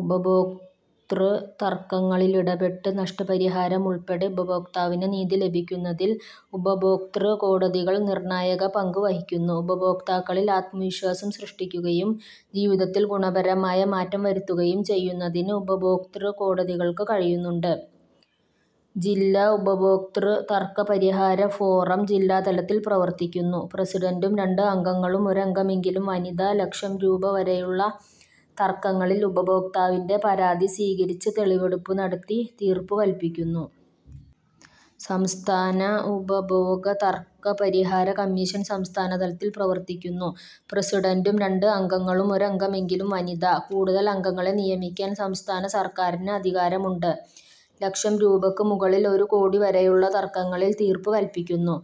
ഉപഭോക്തൃ തർക്കങ്ങളിലിടപെട്ട് നഷ്ടപരിഹാരമുൾപ്പെടെ ഉപഭോക്താവിന് നീതി ലഭ്യമാക്കുന്നതിൽ ഉപഭോക്തൃകോടതികൾ നിർണായക പങ്ക് വഹിക്കുന്നു. ഉപഭോക്താക്കളിൽ ആത്മവിശ്വാസം സൃഷ്ടിക്കുകയും ജീവിതത്തിൽ ഗുണപരമായ മാറ്റം വരുത്തുകയും ചെയ്യുന്നതിന് ഉപഭോക്തൃകോടതികൾക്ക് കഴിയുന്നുണ്ട്. ജില്ലാ ഉപഭോക്തൃ തർക്ക പരിഹാര ഫോറം ജില്ലാതലത്തിൽ പ്രവർത്തിക്കുന്നു. പ്രസിഡന്റും രണ്ട് അംഗങ്ങളും. ഒരംഗമെങ്കിലും വനിത. ലക്ഷം രൂപ വരെയുള്ള തർക്കങ്ങളിൽ ഉപഭോക്താവിന്റെ പരാതി സ്വീകരിച്ച് തെളിവെടുപ്പ് നടത്തി തീർപ്പുകൽപ്പിക്കുന്നു. സംസ്ഥാന ഉപഭോക തർക്കപരിഹാര കമ്മീഷൻ- സംസ്ഥാനതലത്തിൽ പ്രവർത്തിക്കുന്നു. പ്രസിഡന്റും രണ്ട് അംഗങ്ങളും. ഒരംഗമെങ്കിലും വനിത. കൂടുതൽ അംഗങ്ങളെ നിയമിക്കാൻ സംസ്ഥാന സർക്കാരിന് അധികാരമുണ്ട്. ലക്ഷം രൂപയ്ക്ക് മുകളിൽ ഒരു കോടി വരെയുള്ള തർക്കങ്ങളിൽ തീർപ്പ് കൽപ്പിക്കുന്നു.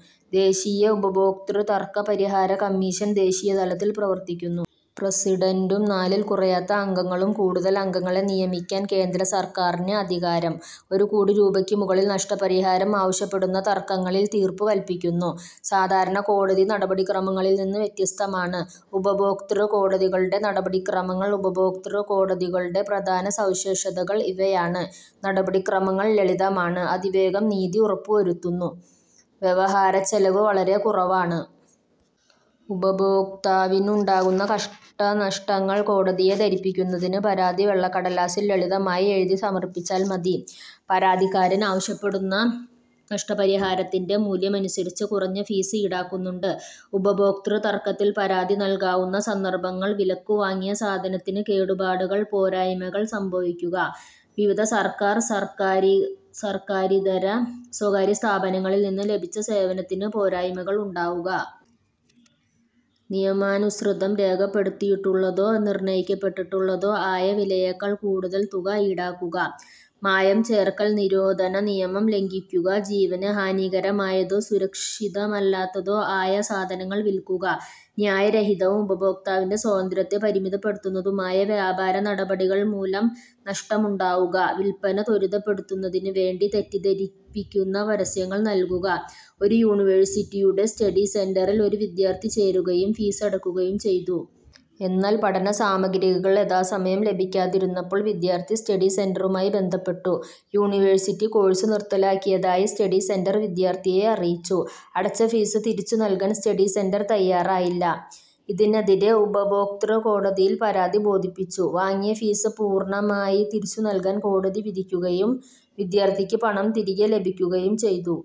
ദേശീയ ഉപഭോക്തൃ തർക്ക പരിഹാര കമ്മീഷൻ- ദേശീയതലത്തിൽ പ്രവർത്തിക്കുന്നു. പ്രസിഡന്റും നാലിൽ കുറയാത്ത അംഗങ്ങളും. കൂടുതൽ അംഗങ്ങളെ നിയമിക്കാൻ കേന്ദ്രസർക്കാരിന് അധികാരം. ഒരു കോടി രൂപയ്ക്കുമുകളിൽ നഷ്ടപരിഹാരം ആവശ്യപ്പെടുന്ന തർക്കങ്ങളിൽ തീർപ്പു കൽപ്പിക്കുന്നു. സാധാരണ കോടതി നടപടിക്രമങ്ങളിൽനിന്ന് വ്യത്യസ്തമാണ് ഉപഭോക്തൃകോടതികളുടെ നടപടിക്രമങ്ങൾ. ഉപഭോക്തൃകോടതികളുടെ പ്രധാന സവിശേഷതകൾ ഇവയാണ്: നടപടിക്രമങ്ങൾ ലളിതമാണ്. അതിവേഗം നീതി ഉറപ്പുവരുത്തുന്നു. വ്യവഹാരച്ചെലവ് വളരെ കുറവാണ്. ഉപഭോക്താവിനുണ്ടാവുന്ന കഷ്ടനഷ്ടങ്ങൾ കോടതിയെ ധരിപ്പിക്കുന്നതിന് പരാതി വെള്ളക്കടലാസിൽ ലളിതമായി എഴുതി സമർപ്പിച്ചാൽ മതി. പരാതിക്കാരൻ ആവശ്യപ്പെടുന്ന നഷ്ടപരിഹാരത്തിന്റെ മൂല്യമനുസരിച്ച് കുറഞ്ഞ ഫീസ് ഈടാക്കുന്നുണ്ട്. ഉപഭോക്തൃതർക്കത്തിൽ പരാതി നൽകാവുന്ന സന്ദർഭങ്ങൾ: വിലയ്ക്കു വാങ്ങിയ സാധനത്തിന് കേടുപാടുകൾ പോരായ്മകൾ സംഭവിക്കുക. വിവിധ സർക്കാർ സർക്കാരിതര/സ്വകാര്യസ്ഥാപനങ്ങളിൽ നിന്ന് ലഭിച്ച സേവനത്തിന് പോരായ്മകൾ ഉണ്ടാവുക. നിയമാനുസൃതം രേഖപ്പെടുത്തിയിട്ടുള്ളതോ നിർണയിക്കപ്പെട്ടിട്ടുള്ളതോ ആയ വിലയേക്കാൾ കൂടുതൽ തുക ഈടാക്കുക. മായം ചേർക്കൽ നിരോധനനിയമം ലംഘിക്കുക. ജീവന് ഹാനികരമായതോ സുരക്ഷിതമല്ലാത്തതോ ആയ സാധനങ്ങൾ വിൽക്കുക. ന്യായരഹിതവും ഉപഭോക്താവിന്റെ സ്വാതന്ത്ര്യത്തെ പരിമിതപ്പെടുത്തുന്നതുമായ വ്യാപാര നടപടികൾ മൂലം നഷ്ടമുണ്ടാവുക. വിൽപ്പന ത്വരിതപ്പെടുന്നതിനു വേണ്ടി തെറ്റിദ്ധരിപ്പിക്കുന്ന പരസ്യങ്ങൾ നൽകുക. ഒരു യൂണിവേഴ്സിറ്റിയുടെ സ്റ്റഡി സെന്ററിൽ ഒരു വിദ്യാർഥി ചേരുകയും ഫീസടയ്ക്കുകയും ചെയ്തു. എന്നാൽ പഠനസാമഗ്രികൾ യഥാസമയം ലഭിക്കാതിരുന്നപ്പോൾ വിദ്യാർഥി സ്റ്റഡി സെന്ററുമായി ബന്ധപ്പെട്ടു. യൂണി വേഴ്സിറ്റി കോഴ്സ് നിർത്തലാക്കിയതായി സ്റ്റഡിസെന്റർ വിദ്യാർഥിയെ അറിയിച്ചു. അടച്ച ഫീസ് തിരിച്ചു നൽകാൻ സ്റ്റഡിസെന്റർ തയാറായില്ല. ഇതിനെതിരെ ഉപഭോക്തൃകോടതിയിൽ പരാതി ബോധിപ്പിച്ചു. വാങ്ങിയ ഫീസ് പൂർണമായി തിരിച്ചുനൽകാൻ കോടതി വിധിക്കുകയും വിദ്യാർഥിക്ക് പണം തിരികെ ലഭിക്കുകയും ചെയ്തു.